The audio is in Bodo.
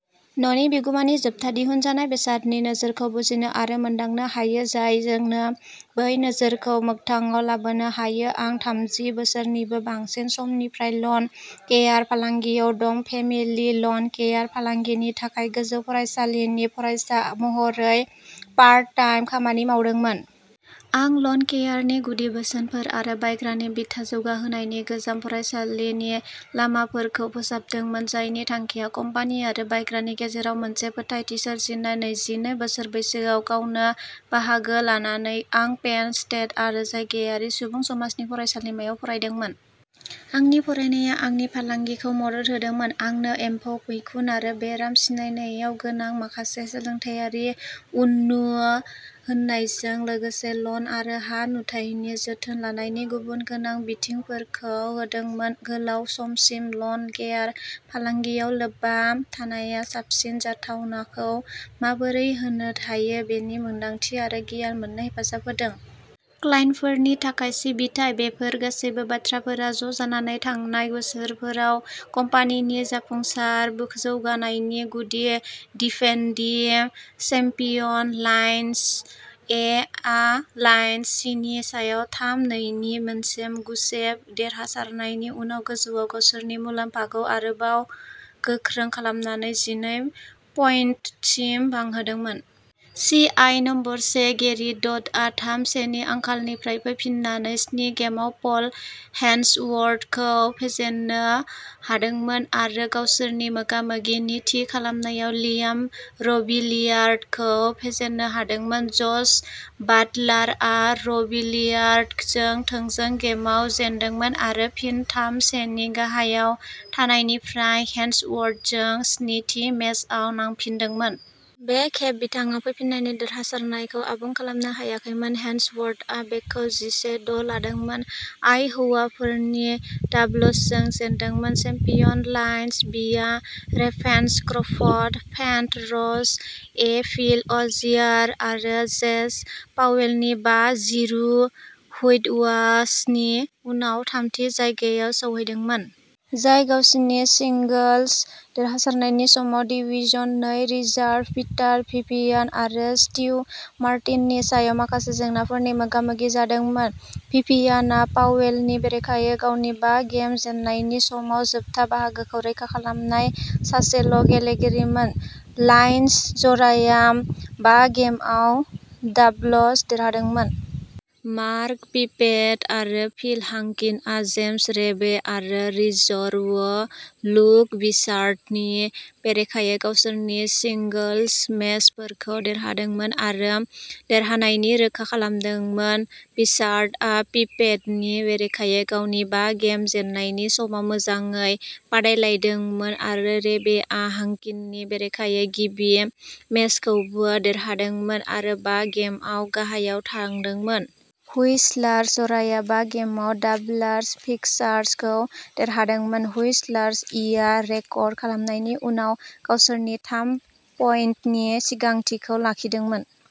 न'नि बिगुमानि जोबथा दिहुनजानाय बेसादनि नोजोरखौ बुजिनो आरो मोनदांनो हायो। जाय जोंनो बै नोजोरखौ मोगथाङाव लाबोनो हायो। आं थामजि बोसोरनिबो बांसिन समनिफ्राय लन केयार फालांगियाव दं। फेमिलि लन केयार फालांगिनि थाखाय गोजौ फरायसालिनि फरायसा महरै पार्ट टाइम खामानि मावदोंमोन। आं लन केयारनि गुदि बोसोनफोर आरो बायग्रानि बिथा जौगाहोनायनि गोजाम फरायसालिनि लामाफोरखौ फोसाबदोंमोन। जायनि थांखिया कम्पानि आरो बायग्रानि गेजेराव मोनसे फोथायथि सोरजिनाय। नैजिनै बोसोर बैसोआव गावनो बाहागो लानानै आं पेन स्टेट आरो जायगायारि सुबुं समाजनि फरायसालिमायाव फरायदोंमोन। आंनि फरायनाया आंनि फालांगिखौ मदद होदोंमोन। आंनो एम्फौ, मैखुन आरो बेराम सिनायनायाव गोनां माखासे सोलोंथायारि उननु होनायजों लोगोसे लन आरो हा नुथायनि जोथोन लानायनि गुबुन गोनां बिथिंफोरखौ होदोंमोन। गोलाव समसिम लन केयार फालांगियाव लोब्बा थानाया साबसिन जाथावनाखौ माबोरै होनो हायो बेनि मोनदांथि आरो गियान मोन्नो हेफाजाब होदों। क्लाइन्टफोरनि थाखाय सिबिथाइ। बेफोर गासैबो बाथ्राफोरा ज'जानानै थांनाय बोसोरफोराव कम्पानिनि जाफुंसार जौगानायनि गुदि। डिफेन्दिं चेम्पियन लायन्स ए आ लायन्स सीनि सायाव थाम-नैनि मोनसे गुसेब देरहासारनायनि उनाव गोजौआव गावसोरनि मुलाम्फाखौ आरोबाव गोख्रों खालामनानै जिनै पइन्टसिम बांहोदोंमोन। सि आइ नम्बर से गेरि डडआ थाम सेनि आंखालनिफ्राय फैफिन्नानै स्नि गेमआव पल हेन्सवर्थखौ फेजेन्नो हादोंमोन आरो गावसोरनि मोगा-मोगिनि थि खालामनायाव लियाम रबिलियार्डखौ फेजेननो हादोंमोन। जश बाटलारआ र'बिलियार्डजों थोंजों गेमआव जेनदोंमोन आरो फिन थाम से नि गाहायाव थानायनिफ्राय हेन्सवर्थजों स्नि थि मेचआव नांफिनदोंमोन। बे खेब बिथाङा फैफिन्नायनि देरहासारनायखौ आबुं खालामनो हायाखैमोन। हेन्सवर्थआ बेखौ जिसे द’ लादोंमोन। आइ हौवाफोरनि डाबल्सजों जेनदोंमोन। चेम्पियन। लायन्स बिआ रेभेन्सक्रफ्ट पेन्थर्स ए फिल अजियार आरो जेज पावेलनि बा जिरु हुइटवाशनि उनाव थामथि जायगायाव सौहैदोंमोन। जाय गावसिनि सिंगोल्स देरहानायनि समाव डिवीजन नै रिजार्भ पिटार भिभियान आरो स्टीव मार्टिननि सायाव माखासे जेंनाफोरनि मोगा-मोगि जादोंमोन। भिभियानआ पावेलनि बेरेखायै गावनि बा गेम जेननायनि समाव जोबथा बाहागोखौ रैखा खालामनाय सासेल' गेलेगिरिमोन। लायन्स जराया बा गेमआव डाबल्स देरहादोंमोन। मार्क पिपेट आरो फिल हांकिनआ जेम्स रेबे आरो रिजर्व लुक बिचार्डनि बेरेखायै गावसोरनि सिंगोल्स मेचफोरखौ देरहादोंमोन आरो देरहानायनि रोखा खालामदोंमोन। बिचार्डआ पिपेटनि बेरेखायै गावनि बा गेम जेननायनि समाव मोजाङै बादायलायदोंमोन आरो रेबेआ हांकिननि बेरेखायै गिबि मेचखौबो देरहादोंमोन आरो बा गेमआव गाहायाव थांदोंमोन। हुइस्लार्स जराया बा गेमआव डाबल्स फिक्सारखौ देरहादोंमोन। हुइस्लार्स इआ रेकर्ड खालामनायनि उनाव गावसोरनि थाम पइन्टनि सिगांथिखौ लाखिदोंमोन।